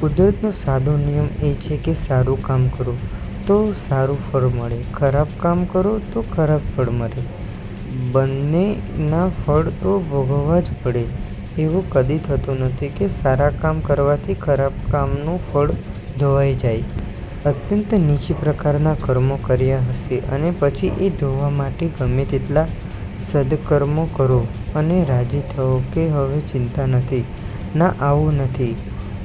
કુદરતનો સાદો નિયમ એ છે કે સારું કામ કરો તો સારું ફળ મળે ખરાબ કામ કરો તો ખરાબ ફળ મળે. બંન્ને ના ફળ તો ભોગવવા જ પડે. એવું કદી થતું નથી કે સારા કામ કરવાથી ખરાબ કર્મોનું ફળ ધોવાઈ જાય. અત્યંત નીચ પ્રકારના કર્મો કર્યા હશે અને પછી એ ધોવા માટે ગમે તેટલા સદકર્મો કરો અને રાજી થાવ કે હવે ચિંતા નહીં. ના આવું નથી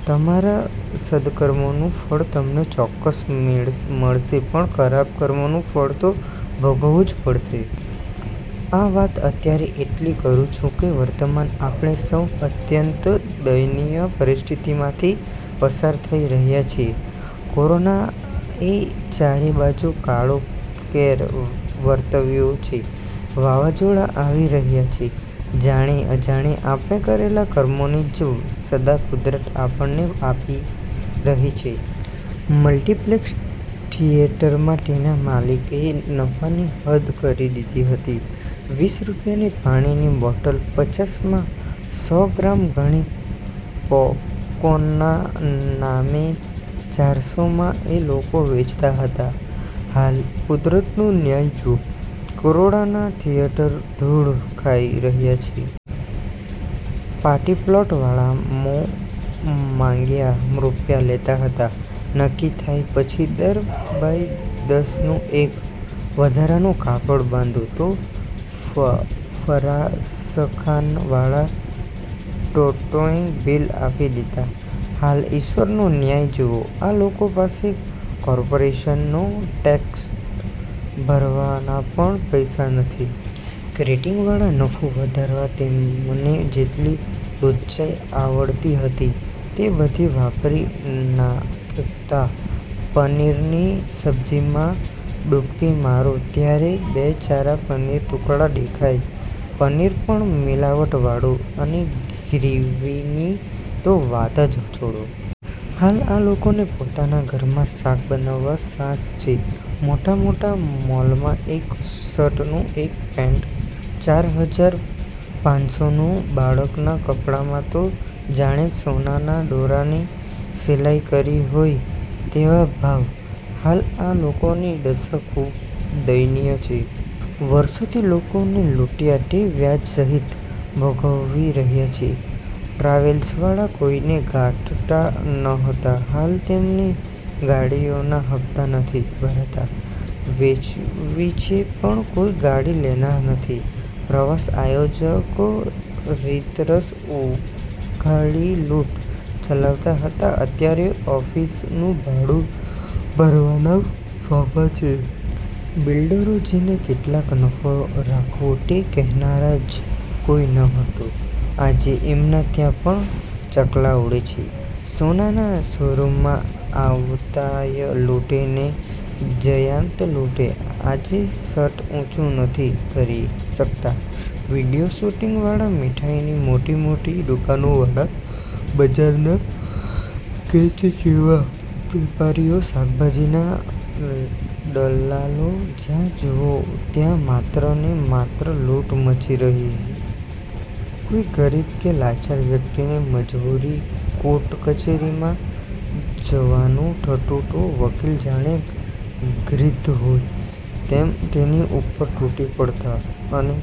તમારાં સદકર્મો નું ફળ તમને ચોક્કસ મળશે પણ ખરાબ કર્મોનું ફળ તો ભોગવવું જ પડશે. આ વાત અત્યારે એટલે કરું છું કે વર્તમાન આપણે સૌ અત્યંત દયનીય પરિસ્થિતિમાંથી પસાર થઈ રહ્યા છીએ. કોરોના એ ચારે બાજુ કાળો કેર વર્તવ્યો છે. વાવાઝોડા આવી રહ્યા છે. જાણે અજાણે આપણે કરેલા કર્મોની જ સજા કુદરત આપણને આપી રહી છે. મલ્ટીપ્લેક્સ થિયેટરમાં તેનાં માલિકોએ નફાની હદ કરી દીધી હતી વીસ રૂપિયાની પાણીની બોટલ પચાસ માં, સો ગ્રામ ધાણી- પોપકોર્નના નામે ચારસો માં એ લોકો વેચતા હતા. હાલ કુદરતનો ન્યાય જુઓ, કરોડોના થિયેટર ધુળ ખાઈ રહ્યા છે. પાર્ટીપ્લોટ વાળા મોં માંગ્યા રૂપિયા લેતાં હતા. નકકી થયાં પછી દસ બાય દસ નું એક વધારાનું કાપડ બાંધે તો ફરાસખાના વાળા તોતિંગ બિલ આપી દેતાં. હાલ ઈશ્વરનો ન્યાય જુઓ આ લોકો પાસે કોર્પોરેશન નો ટેક્સ ભરવાના પણ પૈસા નથી. કેટરીંગ વાળા, નફો વધારવા તેમને જેટલી લુચ્ચાઈ આવડતી હતી તે બધી વાપરી નાખતાં. પનીર ની સબ્જીમાં ડુબકી મારો ત્યારે બે ચાર પનીરના ટુકડા દેખાય, પનીર પણ મિલાવટ વાળું, અને ગ્રેવીની તો વાત જ છોડો. હાલ આ લોકોને પોતાના ઘરમાં શાક બનાવવાના સાંસા છે. મોટા મોટા મોલમાં એક શર્ટ નું, એક પેન્ટ ચાર હાજર પાંચસો નું, બાળકોના કપડાંમાં તો જાણે સોનાના દોરાની સિલાઈ કરી હોય તેવા ભાવ. હાલ આ લોકોની દશા ખુબ દયનીય છે. વર્ષોથી લોકોને લૂંટયા તે વ્યાજ સહીત ભોગવી રહ્યા છે. ટ્રાવેલ્સ વાળા કોઈને ગાંઠતા નહોતા, હાલ તેમની ગાડીઓના હપ્તા નથી ભરાતા. વેચવી છે પણ કોઈ ગાડી લેનાર નથી. પ્રવાસ આયોજકો, રીતસર ઉઘાડી લુંટ ચલાવતા હતા અત્યારે ઓફીસનું ભાડું ભરવાના ફાંફા છે. બિલ્ડરો, જેને કેટલો નફો રાખવો તે કહેનાર જ કોઈ નહતું. આજે એમને ત્યાં પણ ચકલાં ઊડે છે. સોનાના શોરૂમો આવતાંય લુટે ને જતાંય લુંટે, આજે શટર ઊંચું નથી કરી શકતા. વીડિયો શુટિંગ વાળા, મીઠાઈની મોટી મોટી દુકાનો વાળા, બજારના ગિધ્ધ જેવાં વેપારીઓ, શાકભાજીના દલાલો, જ્યાં જુઓ ત્યાં માત્ર ને માત્ર લુંટ મચી હતી. કોઈ ગરીબ કે લાચાર વ્યક્તિ ને મજબૂરીવશ કોર્ટ-કચેરીમાં જવાનું થતું તો વકીલો જાણે ગિદ્ધ હોય તેમ તેની ઉપર તૂટી પડતા અને